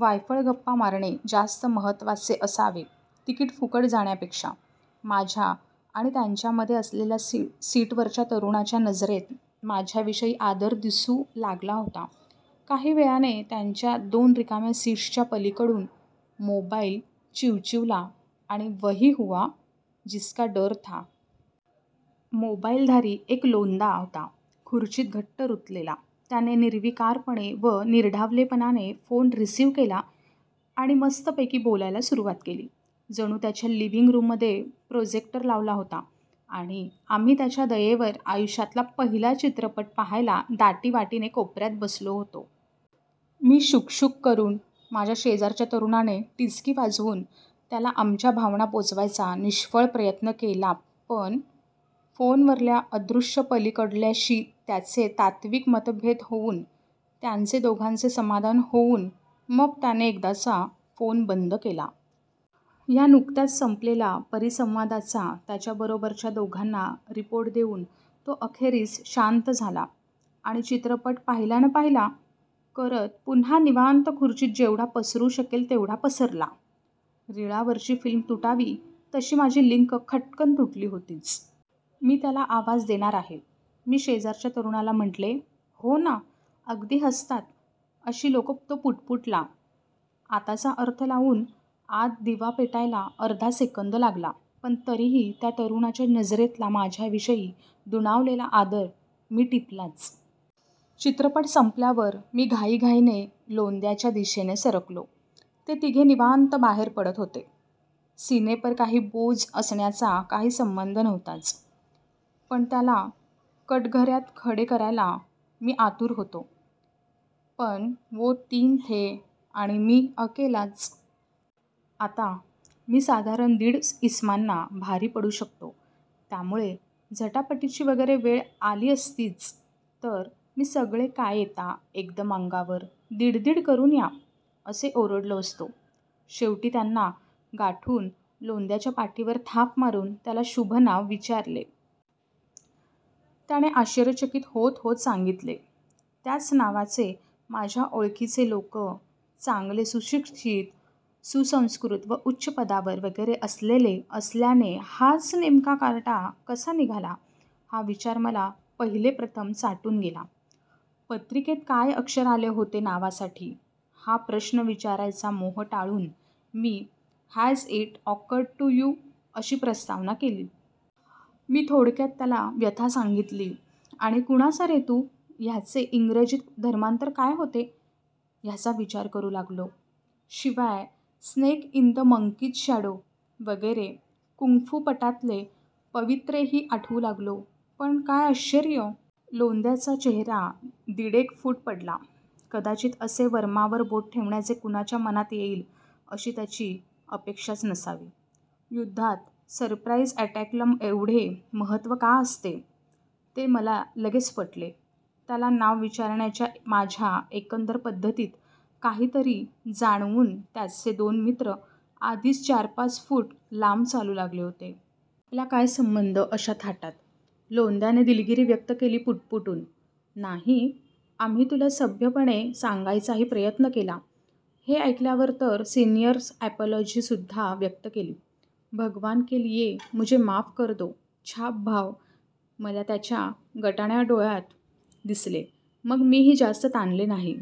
वायफळ गप्पा मारणे जास्त महत्त्वाचे असावे तिकीट फुकट जाण्यापेक्षा. माझ्या आणि त्यांच्यामधे असलेल्या सीटवरच्या तरुणाच्या नजरेत माझ्याविषयी आदर दिसू लागला होता. काही वेळाने त्यांच्या दोन रिकाम्या सीट्सच्या पलीकडून मोबाईल चिवचिवला आणि वही हुआ जिसका डर था! मोबाईलधारी एक लोंदा होता खुर्चीत घट्ट रुतलेला. त्याने निर्विकारपणे व निर्ढावलेपणाने फोन रिसिव्ह केला आणि मस्तपैकी बोलायला सुरुवात केली. जणू त्याच्या लिव्हिंग रूममध्ये प्रोजेक्टर लावला होता आणि आम्ही त्याच्या दयेवर आयुष्यातला पहिला चित्रपट पाहायला दाटीवाटीने कोपऱ्यात बसलो होतो. मी शुकशुक करून, माझ्या शेजारच्या तरुणाने टिचकी वाजवून त्याला आमच्या भावना पोचवायचा निष्फळ प्रयत्न केला पण! फोनवरल्या अदृश्य पलीकडल्याशी त्याचे तात्त्विक मतभेद होऊन, त्यांचे दोघांचे समाधान होऊन मग त्याने एकदाचा फोन बंद केला. ह्या नुकत्याच संपलेल्या परिसंवादाचा त्याच्याबरोबरच्या दोघांना रिपोर्ट देऊन तो अखेरीस शांत झाला आणि चित्रपट पाहिला न पाहिला करत पुन्हा निवांत खुर्चीत जेवढा पसरू शकेल तेवढा पसरला. रीळावरची फिल्म तुटावी तशी माझी लिंक खटकन तुटली होतीच. मी त्याला आवाज देणार आहे! मी शेजारच्या तरुणाला म्हटले. हो ना, अगदी असतात अशी लोकं तो पुटपुटला. आताचा अर्थ लावून आत दिवा पेटायला अर्धा सेकंद लागला, पण तरीही त्या तरुणाच्या नजरेतला माझ्याविषयी दुणावलेला आदर मी टिपलाच. चित्रपट संपल्यावर मी घाईघाईने लोंद्याच्या दिशेने सरकलो. ते तिघे निवांत बाहेर पडत होते. सीनेपर काही बोज असण्याचा काही संबंध नव्हताच. पण त्याला कटघऱ्यात खडे करायला मी आतुर होतो. पण वो तीन थे आणि मी अकेलाच. आता, मी साधारण दीड इसमांना भारी पडू शकतो त्यामुळे झटापटीची वगैरे वेळ आली असतीच तर मी सगळे काय येता एकदम अंगावर, दीड दीड करून या! असे ओरडलो असतो. शेवटी त्यांना गाठून लोंद्याच्या पाठीवर थाप मारून त्याला शुभ नाव विचारले. त्याने आश्चर्यचकित होत होत सांगितले. त्याच नावाचे माझ्या ओळखीचे लोक चांगले सुशिक्षित, सुसंस्कृत व उच्च पदावर वगैरे असलेले असल्याने हाच नेमका कार्टा कसा निघाला हा विचार मला पहिलेप्रथम चाटून गेला. पत्रिकेत काय अक्षर आले होते नावासाठी हा प्रश्न विचारायचा मोह टाळून मी has it awkward to you अशी प्रस्तावना केली. मी थोडक्यात त्याला व्यथा सांगितली आणि कुणाचा रे तू ह्याचे इंग्रजीत धर्मांतर काय होते ह्याचा विचार करू लागलो. शिवाय Snake in the Monkey's Shadow वगैरे कुंग फू पटातले पवित्रेही आठवू लागलो. पण काय आश्चर्य! लोंद्याचा चेहरा दीडेक फूट पडला. कदाचित असे वर्मावर बोट ठेवण्याचे कुणाच्या मनात येईल अशी त्याची अपेक्षाच नसावी. युद्धात सरप्राईज अॅटॅकला एवढे महत्त्व का असते ते मला लगेच पटले. त्याला नाव विचारण्याच्या माझ्या एकंदर पद्धतीत काहीतरी जाणवून त्याचे दोन मित्र आधीच चार पाच फूट लांब चालू लागले होते. आपला काय संबंध अशा थाटात! लोंद्याने दिलगिरी व्यक्त केली पुटपुटून. नाही, आम्ही तुला सभ्यपणे सांगायचाही प्रयत्न केला हे ऐकल्यावर तर सिन्सियर अपॉलॉजी सुद्धा व्यक्त केली. भगवान के लिए मुझे माफ कर दो छाप भाव मला त्याच्या गटाण्या डोळ्यात दिसले. मग मीही जास्त ताणले नाही.